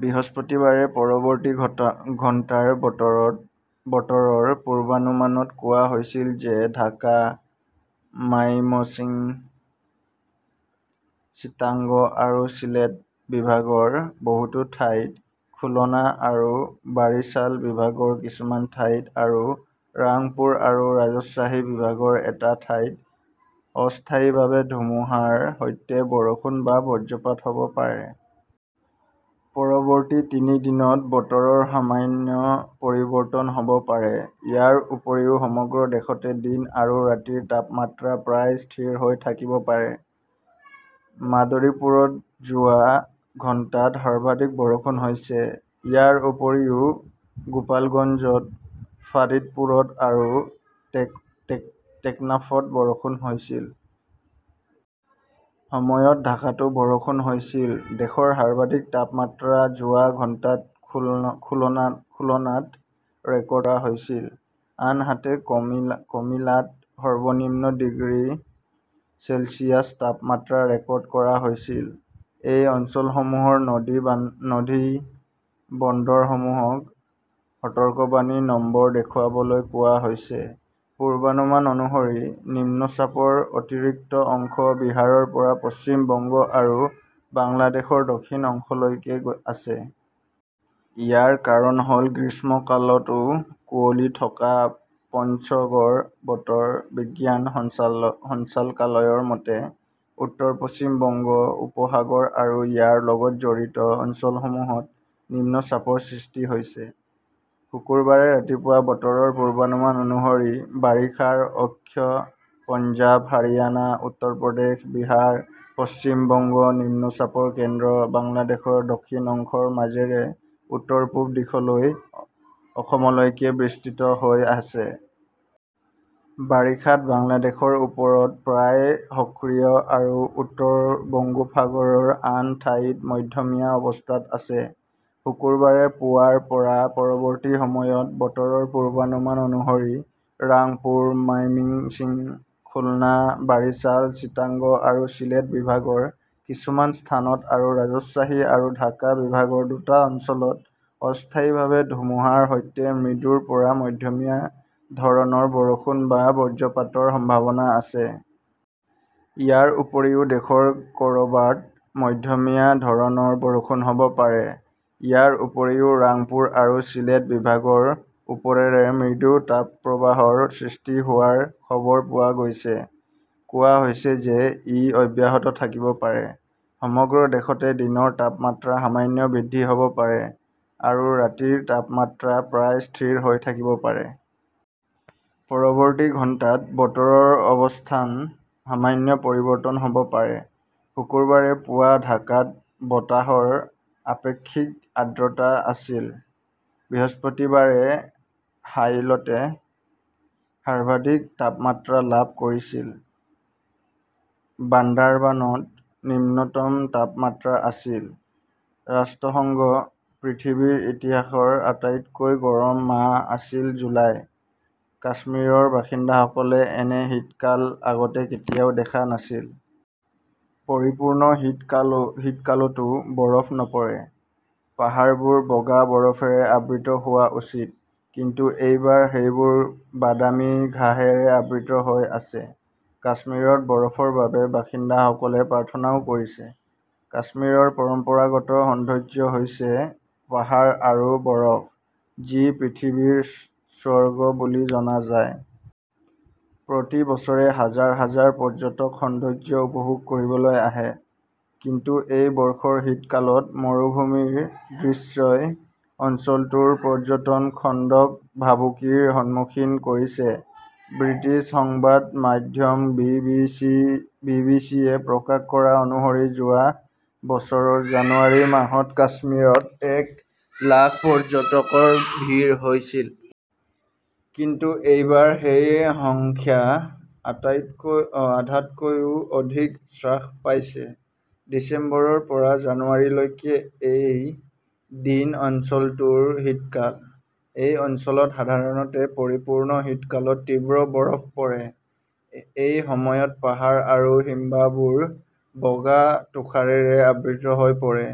বৃহস্পতিবাৰে পৰৱৰ্তী ঘণ্টাৰ বতৰৰ পূৰ্বানুমানত কোৱা হৈছিল যে ঢাকা, মাইমশ্বিং, চিটাগং আৰু চিলিয়েট বিভাগৰ বহুতো ঠাইত, খুলনা আৰু বাৰিছাল বিভাগৰ কিছুমান ঠাইত আৰু ৰাংপুৰ আৰু ৰাজশ্বাহী বিভাগৰ এটা ঠাইত অস্থায়ীভাৱে ধুমুহাৰ সৈতে বৰষুণ বা বজ্ৰপাত হ'ব পাৰে। পৰৱৰ্তী তিনি দিনত বতৰৰ সামান্য পৰিৱৰ্তন হ'ব পাৰে। ইয়াৰ উপৰিও সমগ্ৰ দেশতে দিন আৰু ৰাতিৰ তাপমাত্ৰা প্ৰায় স্থিৰ হৈ থাকিব পাৰে। মাদৰিপুৰত যোৱা ঘণ্টাত সৰ্বাধিক বৰষুণ হৈছে। ইয়াৰ উপৰিও, গোপালগঞ্জত, ফাৰিদপুৰত আৰু টেকনাফত বৰষুণ হৈছিল। এই সময়ত ঢাকাতো বৰষুণ হৈছিল। দেশৰ সৰ্বাধিক তাপমাত্ৰা যোৱা ঘণ্টাত খুলনাত ৰেকৰ্ড কৰা হৈছিল। আনহাতে কমিলাত সৰ্বনিম্ন ডিগ্ৰী চেলছিয়াছ তাপমাত্ৰা ৰেকৰ্ড কৰা হৈছিল। এই অঞ্চলসমূহৰ নদী বন্দৰসমূহক সতৰ্কবাণী নম্বৰ দেখুৱাবলৈ কোৱা হৈছে। পূৰ্বানুমান অনুসৰি, নিম্নচাপৰ অতিৰিক্ত অংশ বিহাৰৰ পৰা পশ্চিম বংগ আৰু বাংলাদেশৰ দক্ষিণ অংশলৈকে আছে। ইয়াৰ কাৰণ হ'ল গ্ৰীষ্মকালতও কুঁৱলী থকা পঞ্চগড় বতৰ বিজ্ঞান সঞ্চালকালয়ৰ মতে, উত্তৰ-পশ্চিম বংগ উপসাগৰ আৰু ইয়াৰ লগত জড়িত অঞ্চলসমূহত নিম্নচাপৰ সৃষ্টি হৈছে। শুকুৰবাৰে ৰাতিপুৱা বতৰৰ পূৰ্বানুমান অনুসৰি, বাৰিষাৰ অক্ষ পঞ্জাৱ, হাৰিয়ানা, উত্তৰ প্ৰদেশ, বিহাৰ, পশ্চিমবংগ, নিম্নচাপৰ কেন্দ্ৰ, বাংলাদেশৰ দক্ষিণ অংশৰ মাজেৰে উত্তৰ-পূব দিশলৈ অসমলৈকে বিস্তৃত হৈ আছে। বাৰিষাত বাংলাদেশৰ ওপৰত প্ৰায় সক্ৰিয় আৰু উত্তৰ বংগোপসাগৰৰ আন ঠাইত মধ্যমীয়া অৱস্থাত আছে। শুকুৰবাৰে পুৱাৰ পৰা পৰৱৰ্তী সময়ত বতৰৰ পূৰ্বানুমান অনুসৰি, ৰাংপুৰ, মাইমিংছিং, খুলনা, বাৰিছাল, চিটাগং আৰু চিলেট বিভাগৰ কিছুমান স্থানত আৰু ৰাজশ্বাহী আৰু ঢাকা বিভাগৰ দুটা অঞ্চলত অস্থায়ীভাৱে ধুমুহাৰ সৈতে মৃদুৰ পৰা মধ্যমীয়া ধৰণৰ বৰষুণ বা বজ্ৰপাতৰ সম্ভাৱনা আছে। ইয়াৰ উপৰিও দেশৰ ক'ৰবাত মধ্যমীয়া ধৰণৰ বৰষুণ হ'ব পাৰে। ইয়াৰ উপৰিও ৰাংপুৰ আৰু চিলেট বিভাগৰ ওপৰেৰে মৃদু তাপপ্ৰবাহৰ সৃষ্টি হোৱাৰ খবৰ পোৱা গৈছে। কোৱা হৈছে যে ই অব্যাহত থাকিব পাৰে। সমগ্ৰ দেশতে দিনৰ তাপমাত্ৰা সামান্য বৃদ্ধি হ'ব পাৰে আৰু ৰাতিৰ তাপমাত্ৰা প্ৰায় স্থিৰ হৈ থাকিব পাৰে। পৰৱৰ্তী ঘণ্টাত বতৰৰ অৱস্থাত সামান্য পৰিৱৰ্তন হ'ব পাৰে। শুকুৰবাৰে পুৱা ঢাকাত বতাহৰ আপেক্ষিক আৰ্দ্ৰতা আছিল। বৃহস্পতিবাৰে সাইলটে সৰ্বাধিক তাপমাত্ৰা লাভ কৰিছিল। বান্দাৰবানত নিম্নতম তাপমাত্ৰা আছিল। ৰাষ্ট্ৰসংঘঃ পৃথিৱীৰ ইতিহাসৰ আটাইতকৈ গৰম মাহ আছিল জুলাই। কাশ্মীৰৰ বাসিন্দাসকলে এনে শীতকাল আগতে কেতিয়াও দেখা নাছিল। পৰিপূৰ্ণ শীতকালতও বৰফ নপৰে। পাহাৰবোৰ বগা বৰফেৰে আবৃত হোৱা উচিত, কিন্তু এইবাৰ সেইবোৰ বাদামী ঘাঁহৰে আবৃত হৈ আছে। কাশ্মীৰত বৰফৰ বাবে বাসিন্দাসকলে প্ৰাৰ্থনাও কৰিছে। কাশ্মীৰৰ পৰম্পৰাগত সৌন্দৰ্য্য হৈছে পাহাৰ আৰু বৰফ, যি পৃথিৱীৰ স্বৰ্গ বুলি জনা যায়। প্ৰতি বছৰে হাজাৰ হাজাৰ পৰ্যটক সৌন্দৰ্য্য উপভোগ কৰিবলৈ আহে। কিন্তু এই বৰ্ষৰ শীতকালত মৰুভূমিৰ দৃশ্যই অঞ্চলটোৰ পৰ্যটন খণ্ডক ভাবুকিৰ সন্মুখীন কৰিছে। ব্ৰিটিছ সংবাদ মাধ্যম বি. বি. চি. -য়ে প্ৰকাশ কৰা অনুসৰি যোৱা বছৰৰ জানুৱাৰী মাহত কাশ্মীৰত এক লাখ পৰ্যটকৰ ভিৰ হৈছিল। কিন্তু এইবাৰ সেই সংখ্যা আধাতকৈও অধিক হ্ৰাস পাইছে। ডিচেম্বৰৰ পৰা জানুৱাৰীলৈকে এই দিন অঞ্চলটোৰ শীতকাল। এই অঞ্চলত সাধাৰণতে পৰিপূৰ্ণ শীতকালত তীব্ৰ বৰফ পৰে। এই সময়ত পাহাৰ আৰু হিমবাহবোৰ বগা তুষাৰেৰে আবৃত হৈ পৰে।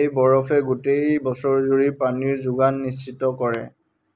এই বৰফে গোটেই বছৰজুৰি পানীৰ যোগান নিশ্চিত কৰে।